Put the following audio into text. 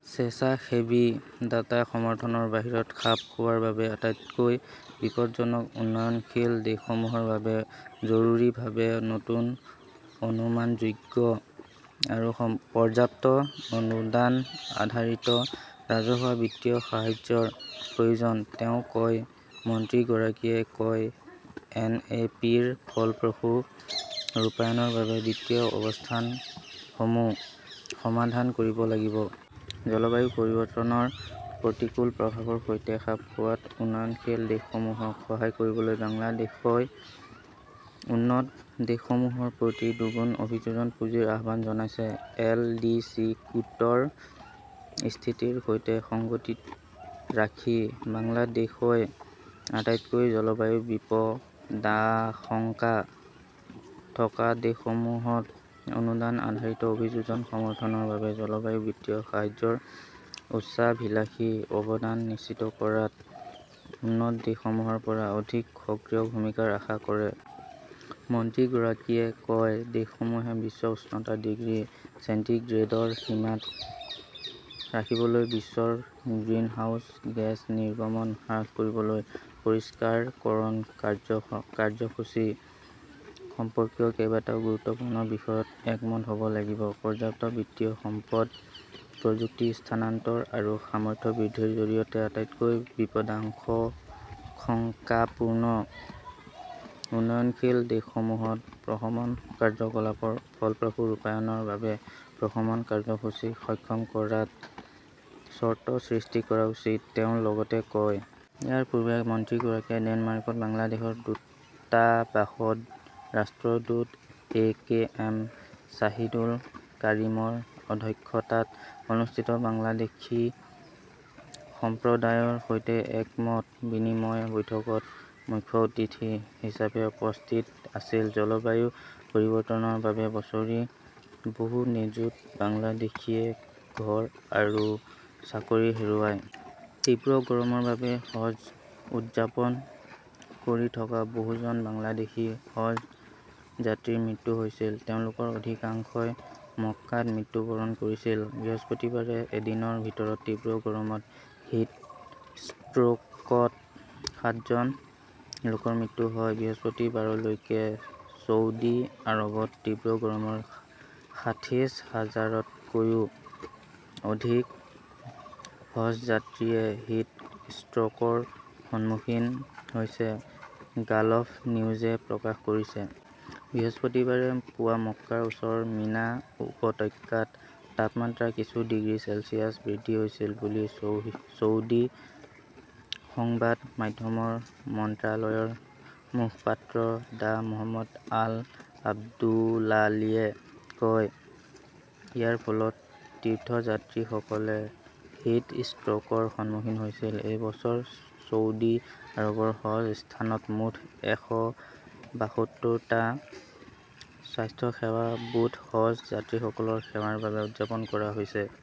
স্বেচ্ছাসেৱী দাতা সমৰ্থনৰ বাহিৰত খাপ খোৱাৰ বাবে আটাইতকৈ বিপদজনক উন্নয়নশীল দেশসমূহৰ বাবে জৰুৰীভাৱে নতুন, অনুমানযোগ্য আৰু পৰ্যাপ্ত অনুদান আধাৰিত ৰাজহুৱা বিত্তীয় সাহায্যৰ প্ৰয়োজন, তেওঁ কয়। মন্ত্ৰীগৰাকীয়ে কয়, এন এ পিৰ ফলপ্ৰসূ ৰূপায়ণৰ বাবে বিত্তীয় ব্যৱস্থাসমূহ সমাধান কৰিব লাগিব। জলবায়ু পৰিৱৰ্তনৰ প্ৰতিকূল প্ৰভাৱৰ সৈতে খাপ খোৱাত উন্নয়নশীল দেশসমূহক সহায় কৰিবলৈ বাংলাদেশই উন্নত দেশসমূহৰ প্ৰতি দুগুণ অভিযোজন পুঁজিৰ আহ্বান জনাইছে। এল ডি চি গোটৰ স্থিতিৰ সৈতে সংগতি ৰাখি, বাংলাদেশই আটাইতকৈ জলবায়ু বিপদাশংকা থকা দেশসমূহত অনুদান আধাৰিত অভিযোজন সমৰ্থনৰ বাবে জলবায়ু বিত্তীয় সাহায্যৰ উচ্চাভিলাষী অৱদান নিশ্চিত কৰাত উন্নত দেশসমূহৰ পৰা অধিক সক্ৰিয় ভূমিকাৰ আশা কৰে। মন্ত্ৰীগৰাকীয়ে কয়, দেশসমূহে বিশ্ব উষ্ণতা ডিগ্ৰী চেণ্টিগ্ৰেডৰ সীমাত ৰাখিবলৈ বিশ্বৰ গ্ৰিনহাউজ গেছ নিৰ্গমন হ্ৰাস কৰিবলৈ পৰিষ্কাৰকৰণ কাৰ্য্য কাৰ্যসূচী সম্পৰ্কীয় কেইবাটাও গুৰুত্বপূৰ্ণ বিষয়ত একমত হ'ব লাগিব। পৰ্যাপ্ত বিত্তীয় সম্পদ, প্ৰযুক্তি স্থানান্তৰ আৰু সামৰ্থ্য বৃদ্ধিৰ জৰিয়তে আটাইতকৈ বিপদাশংকাপূৰ্ণ উন্নয়নশীল দেশসমূহত প্ৰশমন কাৰ্যকলাপৰ ফলপ্ৰসূ ৰূপায়ণৰ বাবে প্ৰশমন কাৰ্যসূচীক সক্ষম কৰাৰ চৰ্ত সৃষ্টি কৰা উচিত, তেওঁ লগতে কয়। ইয়াৰ পূৰ্বে মন্ত্ৰীগৰাকীয়ে ডেনমাৰ্কত বাংলাদেশৰ দূতাবাসত ৰাষ্ট্ৰদূত এ কে এম শ্বাহিদুল কাৰিমৰ অধ্যক্ষতাত অনুষ্ঠিত বাংলাদেশী সম্প্ৰদায়ৰ সৈতে এক মত বিনিময় বৈঠকত মুখ্য অতিথি হিচাপে উপস্থিত আছিল। জলবায়ু পৰিৱৰ্তনৰ বাবে বছৰি বহু নিযুত বাংলাদেশীয়ে ঘৰ আৰু চাকৰি হেৰুৱায়। তীব্ৰ গৰমৰ বাবে হজ্জ উদযাপন কৰি থকা বহুজন বাংলাদেশী হজ্জ যাত্ৰীৰ মৃত্যু হৈছিল। তেওঁলোকৰ অধিকাংশই মক্কাত মৃত্যুবৰণ কৰিছিল। বৃহস্পতিবাৰে এদিনৰ ভিতৰত তীব্ৰ গৰমত হিট ষ্ট্ৰ'কত সাতজন লোকৰ মৃত্যু হয়। বৃহস্পতিবাৰলৈকে ছৌদি আৰৱত তীব্ৰ গৰমত ষাঠিশ হাজাৰতকৈও অধিক হজযাত্ৰীয়ে হিট ষ্ট্ৰ'কৰ সন্মুখীন হৈছে, গালফ নিউজে প্ৰকাশ কৰিছে। বৃহস্পতিবাৰে পুৱা মক্কাৰ ওচৰৰ মিনা উপত্যকাত তাপমাত্ৰা কিছু ডিগ্ৰী চেলছিয়াছ বৃদ্ধি হৈছিল বুলি ছৌদি সংবাদ মাধ্যমৰ মন্ত্ৰালয়ৰ মুখপাত্ৰ ডাঃ মহম্মদ আল আব্দুলালিয়ে কয়। ইয়াৰ ফলত তীৰ্থযাত্ৰীসকলে হিট ষ্ট্ৰ'কৰ সন্মুখীন হৈছিল। এই বছৰ ছৌদি আৰৱৰ হজ্জ স্থানত মুঠ এশ বাসত্তৰটা স্বাস্থ্যসেৱা বুথ হজ্জ যাত্ৰীসকলৰ সেৱাৰ বাবে স্থাপন কৰা হৈছে।